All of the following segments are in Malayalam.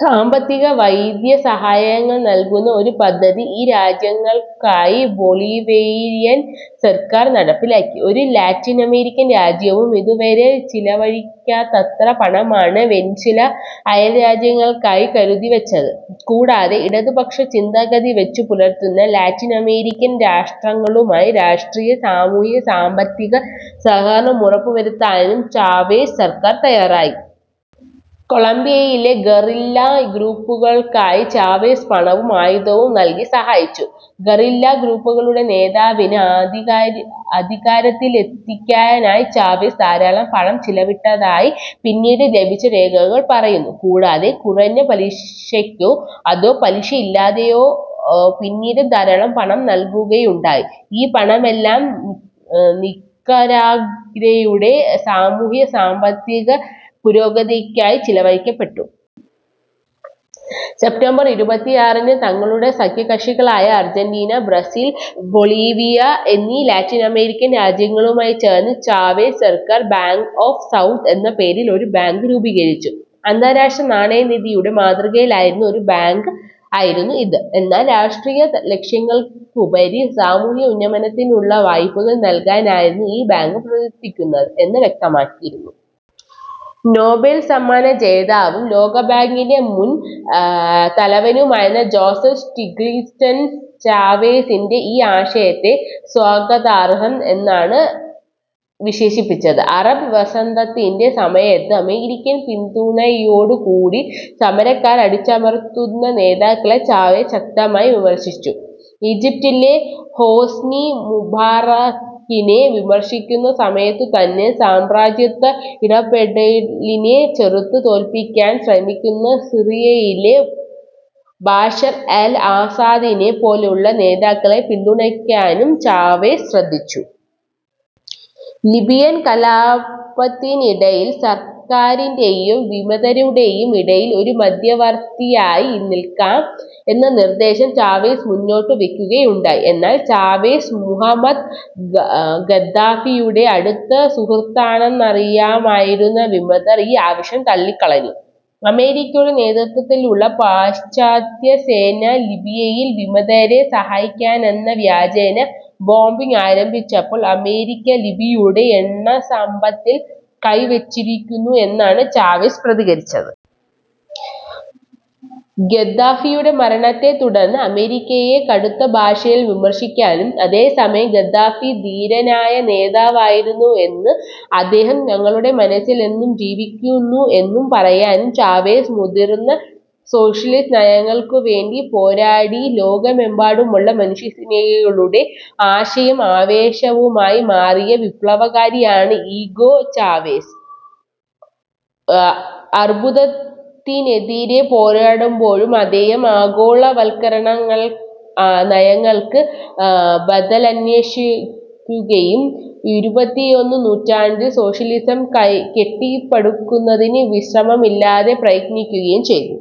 സാമ്പത്തിക, വൈദ്യ സഹായങ്ങൾ നൽകുന്ന ഒരു പദ്ധതി ഈ രാജ്യങ്ങൾക്കായി ബൊളിവേരിയൻ സർക്കാർ നടപ്പിലാക്കി. ഒരു ലാറ്റിനമേരിക്കൻ രാജ്യവും ഇതുവരെ ചിലവഴിക്കാത്തത്ര പണമാണ് വെനസല അയൽരാജ്യങ്ങൾക്കായി കരുതിവെച്ചത്. കൂടാതെ ഇടതുപക്ഷ ചിന്താഗതി വെച്ചു പുലർത്തുന്ന ലാറ്റിനമേരിക്കൻ രാജ്യങ്ങളുമായി രാഷ്ട്രീയ, സാമൂഹിക, സാമ്പത്തിക സഹകരണം ഉറപ്പുവരുത്താനും ചാവേസ് സർക്കാർ തയ്യാറായി. കൊളംബിയയിലെ ഗറില്ലാ ഗ്രൂപ്പുകൾക്കായി ചാവേസ് പണവും ആയുധവും നൽകി സഹായിച്ചു. ഗറില്ലാ ഗ്രൂപ്പുകളുടെ നേതാവിന് അധികാരത്തിലെത്തിക്കാനായി ചാവേസ് ധാരാളം പണം ചിലവിട്ടതായി പിന്നീടു ലഭിച്ച രേഖകൾ പറയുന്നു. കൂടാതെ, കുറഞ്ഞ പലിശക്കോ, അതോ പലിശ ഇല്ലാതെയൊ തന്നെയോ പിന്നീടും ധാരാളം പണം നൽകുകയുണ്ടായി. ഈ പണമെല്ലാം നിക്കരാഗ്വയുടെ സാമൂഹ്യ, സാമ്പത്തിക പുരോഗതിക്കായി ചിലവഴിക്കപ്പെട്ടു. സെപ്റ്റംബർ ഇരുപത്തിയാറിന് തങ്ങളുടെ സഖ്യകക്ഷികളായ അർജന്റീന, ബ്രസീൽ, ബൊളീവിയ എന്നീ ലാറ്റിനമേരിക്കൻ രാജ്യങ്ങളുമായി ചേർന്ന് ചാവേസ് സർക്കാർ ബാങ്ക് ഓഫ് സൗത്ത് എന്ന പേരിൽ ഒരു ബാങ്ക് രൂപീകരിച്ചു. അന്താരാഷ്ട്ര നാണയനിധിയുടെ മാതൃകയിലുള്ള ഒരു ബാങ്കായിരുന്നു ഇത്. എന്നാൽ രാഷ്ട്രീയലക്ഷ്യങ്ങൾക്കുപരി സാമൂഹ്യ ഉന്നമനത്തിനുള്ള വായ്പകൾ നൽകാനായിരുന്നു ഈ ബാങ്ക് പ്രവർത്തിക്കുക എന്ന് വ്യക്തമാക്കിയിരുന്നു. നോബൽ സമ്മാന ജേതാവും, ലോകബാങ്കിന്റെ മുൻ തലവനുമായിരുന്ന ജോസഫ് സ്റ്റിഗ്ലിസൻ ചാവേസിന്റെ ഈ ആശയത്തെ സ്വാഗതാർഹം എന്നാണ് വിശേഷിപ്പിച്ചത്. അറബ് വസന്തത്തിന്റെ സമയത്ത് അമേരിക്കൻ പിന്തുണയോടുകൂടി സമരക്കാര് അടിച്ചമർത്തുന്ന നേതാക്കളെ ചാവേസ് ശക്തമായി വിമർശിച്ചു. ഈജിപ്തിലെ ഹോസ്നി മുബാറക്കിനെ വിമർശിക്കുന്ന സമയത്തുതന്നെ സാമ്രാജ്യത്വ ഇടപെടലിനെ ചെറുത്തു തോൽപ്പിക്കാൻ ശ്രമിക്കുന്ന സിറിയയിലെ ബാഷർ അൽ ആസാദിനെ പോലെയുള്ള നേതാക്കളെ പിന്തുണയ്ക്കാനും ചാവേസ് ശ്രദ്ധിച്ചു. ലിബിയൻ കലാപത്തിനിടയിൽ സർക്കാരിന്റേയും, വിമതരുടേയും ഇടയിൽ ഒരു മദ്ധ്യവർത്തിയായി നിൽക്കാം എന്ന നിർദ്ദേശം ചാവേസ് മുന്നോട്ടു വെയ്ക്കുകയുണ്ടായി. എന്നാൽ ചാവേസ് മുവമ്മർ ഗദ്ദാഫിയുടെ അടുത്ത സുഹൃത്താണെന്നറിയാമായിരുന്ന വിമതർ ഈ ആവശ്യം തള്ളിക്കളഞ്ഞു. അമേരിക്കയുടെ നേതൃത്വത്തിലുള്ള പാശ്ചാത്യസേന ലിബിയയിൽ വിമതരെ സഹായിക്കാനെന്ന വ്യാജേന ബോംബിംഗ് ആരംഭിച്ചപ്പോൾ, അമേരിക്ക ലിബിയൂടെ എണ്ണസമ്പത്തിൽ കൈ വെച്ചിരിക്കുന്നു എന്നാണ് ചാവേസ് പ്രതികരിച്ചത്. ഗദ്ദാഫിയുടെ മരണത്തെതുടർന്ന് അമേരിക്കയെ കടുത്തഭാഷയിൽ വിമർശിക്കാനും, അതേസമയം ഗദ്ദാഫി ധീരനായ നേതാവായിരുന്നുയെന്ന് അദ്ദേഹം ഞങ്ങളുടെ മനസ്സിൽ എന്നും ജീവിക്കുന്നു എന്നു പറയാനും ചാവേസ് മുതിർന്നു സോഷ്യലിസ്റ്റ് നയങ്ങൾക്കുവേണ്ടി പോരാടി ലോകമെമ്പാടുമുള്ള മനുഷ്യസ്നേഹികളുടെ ആശയും ആവേശവുമായി മാറിയ വിപ്ലവകാരിയാണ് ഈഗോ ചാവെസ്. അർബുദത്തിനെതിരേ പോരാടുമ്പോഴും അദ്ദേഹം ആഗോളവൽക്കരണങ്ങൾ നയങ്ങൾക്ക് ബദലന്വേഷിക്കുകയും ഇരുപത്തിയൊന്ന് നൂറ്റാണ്ട് സോഷ്യലിസം കെട്ടിപ്പടുക്കുന്നതിന് വിശ്രമമില്ലാതെ പ്രയത്നിക്കുകയും ചെയ്തു.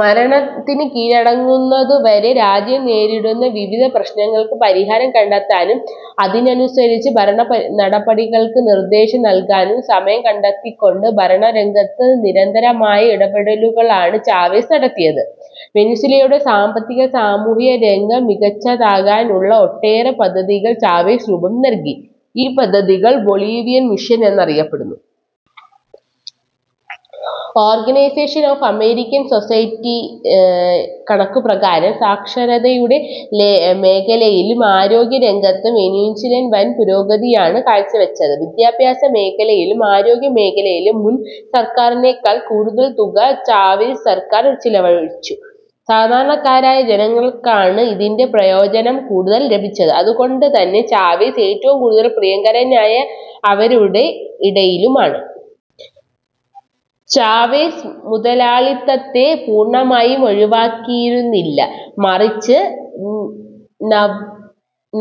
മരണത്തിന് കീഴടങ്ങുന്നതുവരെ രാജ്യം നേരിടുന്ന വിവിധ പ്രശ്നങ്ങൾക്ക് പരിഹാരം കണ്ടെത്താനും അതിനനുസരിച്ച് ഭരണനടപടികൾക്ക് നിർദ്ദേശങ്ങൾ നൽകാനും സമയം കണ്ടെത്തിക്കൊണ്ട് ഭരണരംഗത്ത് നിരന്തരമായ ഇടപെടലുകളാണ് ചാവെസ് നടത്തിയത്. വെനസ്വേലയുടെ സാമ്പത്തിക, സാമൂഹിക, രംഗം മികച്ചതാക്കാനുള്ള ഒട്ടേറെ പദ്ധതികൾ ചാവേസ് രൂപം നൽകി. ഈ പദ്ധതികൾ ബൊളിവിയൻ മിഷൻ എന്നറിയപ്പെടുന്നു. ഓർഗനൈസേഷൻ ഓഫ് അമേരിക്കൻ സ്വാസൈറ്റി കണക്കുപ്രകാരം സാക്ഷരതയുടെ മേഖലയിലും, ആരോഗ്യരംഗത്തും വെനസ്വേലൻ വൻപുരോഗതിയാണ് കാഴ്ചവെച്ചത്. വിദ്യാഭ്യാസ മേഖലയിലും, ആരോഗ്യ മേഖലയിലും മുൻ സർക്കാറിനേക്കാൾ കൂടുതൽ തുക ചാവേസ് സർക്കാർ ചിലവഴിച്ചു. സാധാരണക്കാരായ ജനങ്ങൾക്കാണ് ഇതിന്റെ പ്രയോജനം കൂടുതൽ ലഭിച്ചത്. അതുകൊണ്ടുതന്നെ ചാവേസ് ഏറ്റവും കൂടുതൽ പ്രിയങ്കരനായ അവരുടെ ഇടയിലുമാണ്. ചാവേസ് മുതലാളിത്തത്തെ പൂർണ്ണമായും ഒഴിവാക്കിയിരുന്നില്ല, മറിച്ച് ന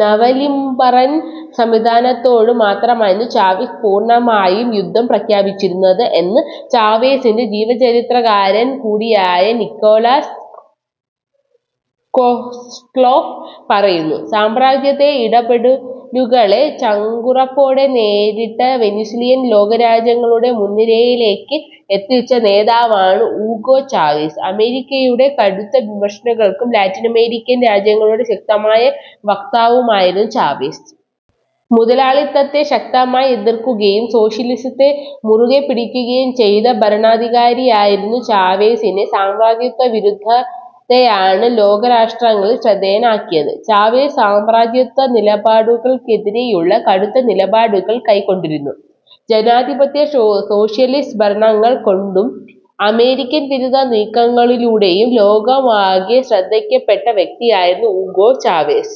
നവലിബറൽ സംവിധാനത്തോടു മാത്രമായിരുന്നു ചാവേസ് പൂർണ്ണമായും യുദ്ധം പ്രഖ്യാപിച്ചിരുന്നത് എന്ന് ചാവേസിന്റെ ജീവചരിത്രകാരൻ കൂടിയായ നിക്കോളാസ് കോസ്ലോഫ് പറയുന്നു. സാമ്രാജ്യത്ത ഇടപെടലുകളെ ചങ്കുറപ്പോടെ നേരിട്ട് വെനസ്ലിയൻ ലോകരാജ്യങ്ങളുടെ മുൻനിരയിലേക്ക് എത്തിച്ച നേതാവാണ് ഊഗോ ചാവെസ്. അമേരിക്കയുടെ കടുത്ത വിമർശനകൾക്കും ലാറ്റിനമേരിക്കൻ രാജ്യങ്ങളുടെ ശക്തനായ വക്താവുമായിരുന്നു ചാവെസ്. മുതലാളിത്തത്തെ ശക്തമായി എതിർക്കുകയും സോഷ്യലിസത്തെ മുറുകെ പിടിക്കുകയും ചെയ്ത ഭരണാധികാരിയായിരുന്നു ചാവെസിനെ സാമ്രാജ്യത്വ വിരുദ്ധതയാണ് ലോകരാഷ്ട്രങ്ങളിൽ ശ്രദ്ധേയനാക്കിയത്. ചാവേസിന് സാമ്രാജ്യത്വ നിലപാടുകൾക്കെതിരേയുള്ള കടുത്ത നിലപാടുകൾ കൈക്കൊണ്ടിരുന്നു. ജനാധിപത്യ-ശോ സോഷ്യലിസ്റ്റ് ഭരണങ്ങൾ കൊണ്ടും, അമേരിക്കൻ വിരുദ്ധത്തേയാണ് നീക്കങ്ങളിലൂടെയും ലോകമാകെ ശ്രദ്ധിക്കപ്പെട്ട വ്യക്തിയായിരുന്നു ഊഗോ ചാവെസ്.